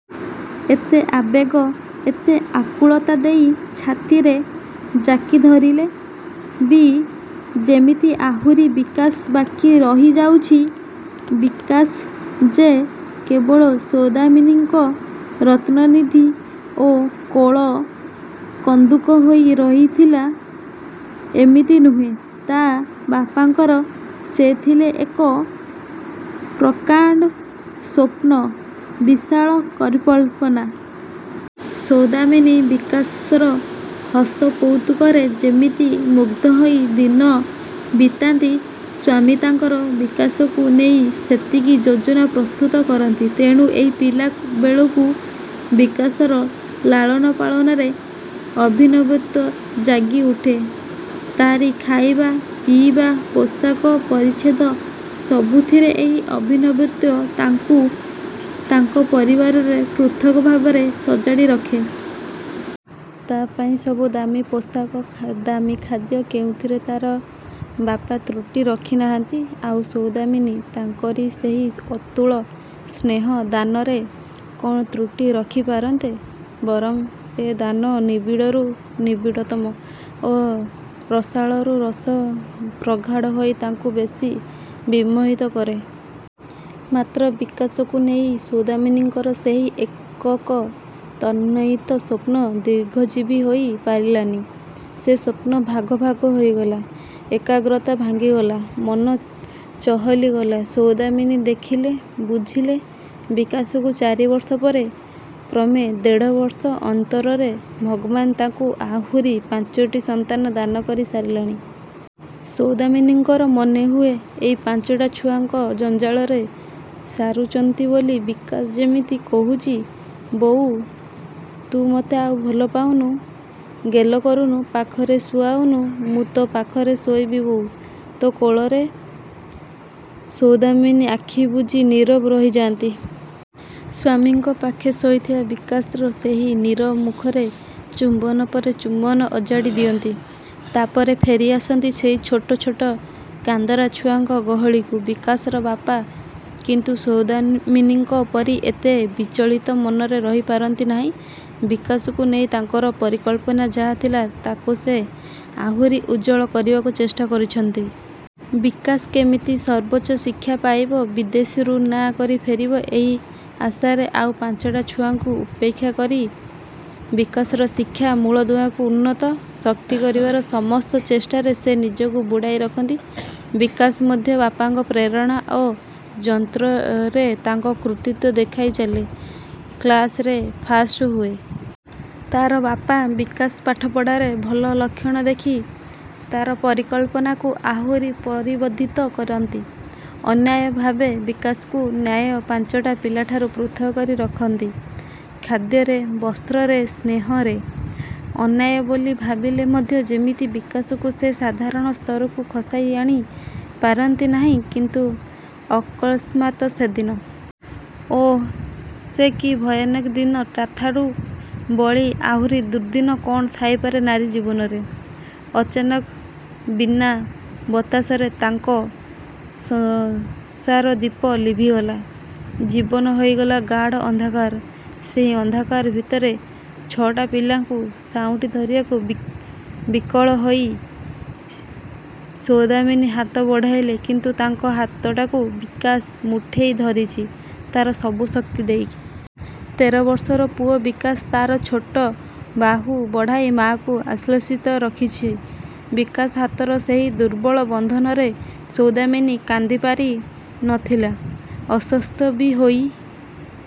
ଏତେ ଆବେଗ, ଏତେ ଆକୁଳତା ଦେଇ ଛାତିରେ ଜାକି ଧରିଲେ ବି ଯେମିତି ଆହୁରି ବିକାଶ ବାକି ରହି ଯାଉଛି। ବିକାଶ ଯେ କେବଳ ସୌଦାମିନୀଙ୍କ ରତ୍ନନିଧି ଓ କୋଳ କନ୍ଦୁକ ହୋଇ ରହିଥିଲା, ଏମିତି ନୁହେଁ, ତା ବାପାଙ୍କର ସେ ଥିଲେଏକ ପ୍ରକାଣ୍ଡ ସ୍ୱପ୍ନ, ବିଶାଳ ପରିକଳ୍ପନା। ସୌଦାମିନୀ ବିକାଶର ହସ କୌତୁକରେ ଯେମିତି ମୁଗ୍ଧ ହୋଇ ଦିନ ବିତାନ୍ତି, ସ୍ୱାମୀ ତାଙ୍କର ବିକାଶକୁ ନେଇ ସେତିକି ଯୋଜନା ପ୍ରସ୍ତୁତ କରନ୍ତି। ତେଣୁ ଏହି ପିଲାବେଳୁକୂ ବିକାଶର ଲାଳନପାଳନରେ ଅଭିନବତ୍ଵ ଜାଗି ଉଠେ। ତାରି ଖାଇବା, ପିଇବା, ପୋଷାକ, ପରିଚ୍ଛେଦ ସବୁଥିରେ ଏହି ଅଭିନବତ୍ଵ ତାଙ୍କୁ ତାଙ୍କ ପରିବାରରେ ପୃଥକ ଭାବରେ ସଜାଡ଼ି ରଖେ। ତା ପାଇଁ ସବୁ ଦାମୀ ପୋଷାକ, ଦାମୀ ଖାଦ୍ୟ କେଉଁଥିରେ ତାର ବାପା ତ୍ରୁଟି ରଖିନାହାଁନ୍ତି । ଆଉ ସୌଦାମିନୀ, ତାଙ୍କରି ସେହି ଅତୁଳ ସ୍ନେହ ଦାନରେ କଣ ତ୍ରୁଟି ରଖି ପାରନ୍ତେ? ବରଂ ଏ ଦାନ ନିବିଡ଼ରୁ ନିବିଡ଼ ତମ ଓ ରସାଳରୁ ରସ ପ୍ରଗାଢ଼ ହୋଇ ତାଙ୍କୁ ବେଶୀ ବିମୋହିତ କରେ। ମାତ୍ର ବିକାଶକୁ ନେଇ ସୌଦାମିନୀଙ୍କର ସେହି ଏକକ ତନ୍ମୟିତ ସ୍ୱପ୍ନ ଦୀର୍ଘଜୀବୀ ହୋଇ ପାରିଲାନି। ସେ ସ୍ୱପ୍ନ ଭାଗ ଭାଗ ହୋଇଗଲା, ଏକାଗ୍ରତା ଭାଙ୍ଗିଗଲା। ମନ ଚହଲି ଗଲା । ସୌଦାମିନୀ ଦେଖିଲେ, ବୁଝିଲେ, ବିକାଶକୁ ଚାରି ବର୍ଷ ପରେ କ୍ରମେ ଦେଢ଼ ବର୍ଷ ଅନ୍ତରରେ ଭଗବାନ ତାଙ୍କୁ ଆହୁରି ପାଞ୍ଚଟି ସନ୍ତାନ ଦାନ କରି ସାରିଲେଣି। ସୌଦାମିନୀଙ୍କର ମନେହୁଏ, ଏଇ ପାଞ୍ଚଟା ଛୁଆଙ୍କ ଜଞ୍ଜାଳରେ ସାରୁଚନ୍ତି ବୋଲି ବିକାଶ ଯେମିତି କହୁଚି ବୋଉ, ତୁ ମତେ ଆଉ ଭଲ ପାଉନୁ, ଗେଲ କରୁନୁ, ପାଖରେ ଶୁଆଉନୁ । ମୁଁ ତୋ ପାଖେ ଶୋଇବି ବୋଉ, ତୋ କୋଳରେ। ସୌଦାମିନୀ ଆଖି ବୁଜି ନୀରବ ରହିଯାନ୍ତି। ସ୍ଵାମୀଙ୍କ ପାଖେ ଶୋଇଥିବା ବିକାଶର ସେହି ନୀରବ ମୁଖରେ ଚୁମ୍ବନ ପରେ ଚୁମ୍ବନ ଅଜାଡ଼ି ଦିଅନ୍ତି। ତାପରେ ଫେରି ଆସନ୍ତି ସେଇ ଛୋଟ ଛୋଟ କାନ୍ଦରା ଛୁଆଙ୍କ ଗହଳିକୁ। ବିକାଶର ବାପା କିନ୍ତୁ ସୌଦାମିନୀଙ୍କ ପରି ଏତେ ବିଚଳିତ ମନରେ ରହିପାରନ୍ତି ନାହିଁ। ବିକାଶକୁ ନେଇ ତାଙ୍କର ପରିକଳ୍ପନା ଯାହା ଥିଲା ତାକୁ ସେ ଆହୁରି ଉଜ୍ଜ୍ୱଳ କରିବାକୁ ଚେଷ୍ଟା କରନ୍ତି। ବିକାଶ କେମିତି ସର୍ବୋଚ୍ଚ ଶିକ୍ଷା ପାଇବ, ବିଦେଶରୁ ନାଁ କରି ଫେରିବ, ଏହି ଆଶାରେ ଆଉ ପାଞ୍ଚଟା ଛୁଆଙ୍କୁ ଉପେକ୍ଷା କରି, ବିକାଶର ଶିକ୍ଷା ମୂଳଦୁଆକୁ ଉନ୍ନତ, ଶକ୍ତି କରିବାର ସମସ୍ତ ଚେଷ୍ଠାରେ ସେ ନିଜକୁ ବୁଡ଼ାଇ ରଖନ୍ତି। ବିକାଶ ମଧ୍ୟ ବାପାଙ୍କ ପ୍ରେରଣା ଓ ଯନ୍ତ୍ରରେ ତାର କୃତିତ୍ୱ ଦେଖାଇ ଚାଲେ, କ୍ଲାସରେ ଫାଷ୍ଟ ହୁଏ। ତାର ବାପା, ବିକାଶ ପାଠପଢ଼ାରେ ଭଲ ଲକ୍ଷଣ ଦେଖି ତାର ପରିକଳ୍ପନାକୁ ଆହୁରି ପରିବର୍ଦ୍ଧିତ କରନ୍ତି। ଅନ୍ୟାୟ ଭାବେ ବିକାଶକୁ ନ୍ୟାୟ ପାଞ୍ଚଟା ପିଲାଠାରୁ ପୃଥକ କରି ରଖନ୍ତି, ଖାଦ୍ୟରେ, ବସ୍ତ୍ରରେ, ସ୍ନେହରେ। ଅନ୍ୟାୟ ବୋଲି ଭାବିଲେ ମଧ୍ୟ ଯେମିତି ବିକାଶକୁ ସେ ସାଧାରଣ ସ୍ତରକୁ ଖସାଇ ଆଣି ପାରନ୍ତି ନାହିଁ କିନ୍ତୁ ଅକସ୍ମାତ ସେଦିନ। ଓଃ, ସେ କି ଭୟାନକ ଦିନ ତାଠାରୁ ବଳି ଆହୁରି ଦୁର୍ଦ୍ଦିନ କଣ ଥାଇପାରେ ନାରୀ ଜୀବନରେ? ଅଚାନକ ବିନା ବତାସରେ ତାଙ୍କ ସଂସାରଦୀପ ଲିଭିଗଲା । ଜୀବନ ହୋଇଗଲା ଗାଢ଼ ଅନ୍ଧକାର। ସେହି ଅନ୍ଧାର ଭିତରେ ଛ ଟା ପିଲାଙ୍କୁ ସାଉଁଟି ଧରିବାକୁ ବିକଳ ହୋଇ ସୌଦାମିନୀ ହାତ ବଢ଼ାଇଲେ କିନ୍ତୁ ତାଙ୍କ ହାତଟାକୁ ବିକାଶ ମୁଠେଇ ଧରିଚି, ତାର ସବୁ ଶକ୍ତି ଦେଇ। ତେର ବର୍ଷର ପୁଅ ବିକାଶ। ତାର ଛୋଟ ବାହୁ ବଢ଼ାଇ ମାଆକୁ ଆଶ୍ଳେଷିତ ରଖୁଛି। ବିକାଶ ହାତର ସେହି ଦୁର୍ବଳ ବନ୍ଧନରେ ସୌଦାମିନୀ କାନ୍ଦିପାରି ନ ଥିଲା। ଅଶ୍ଵସ୍ତ ବି ହୋଇ--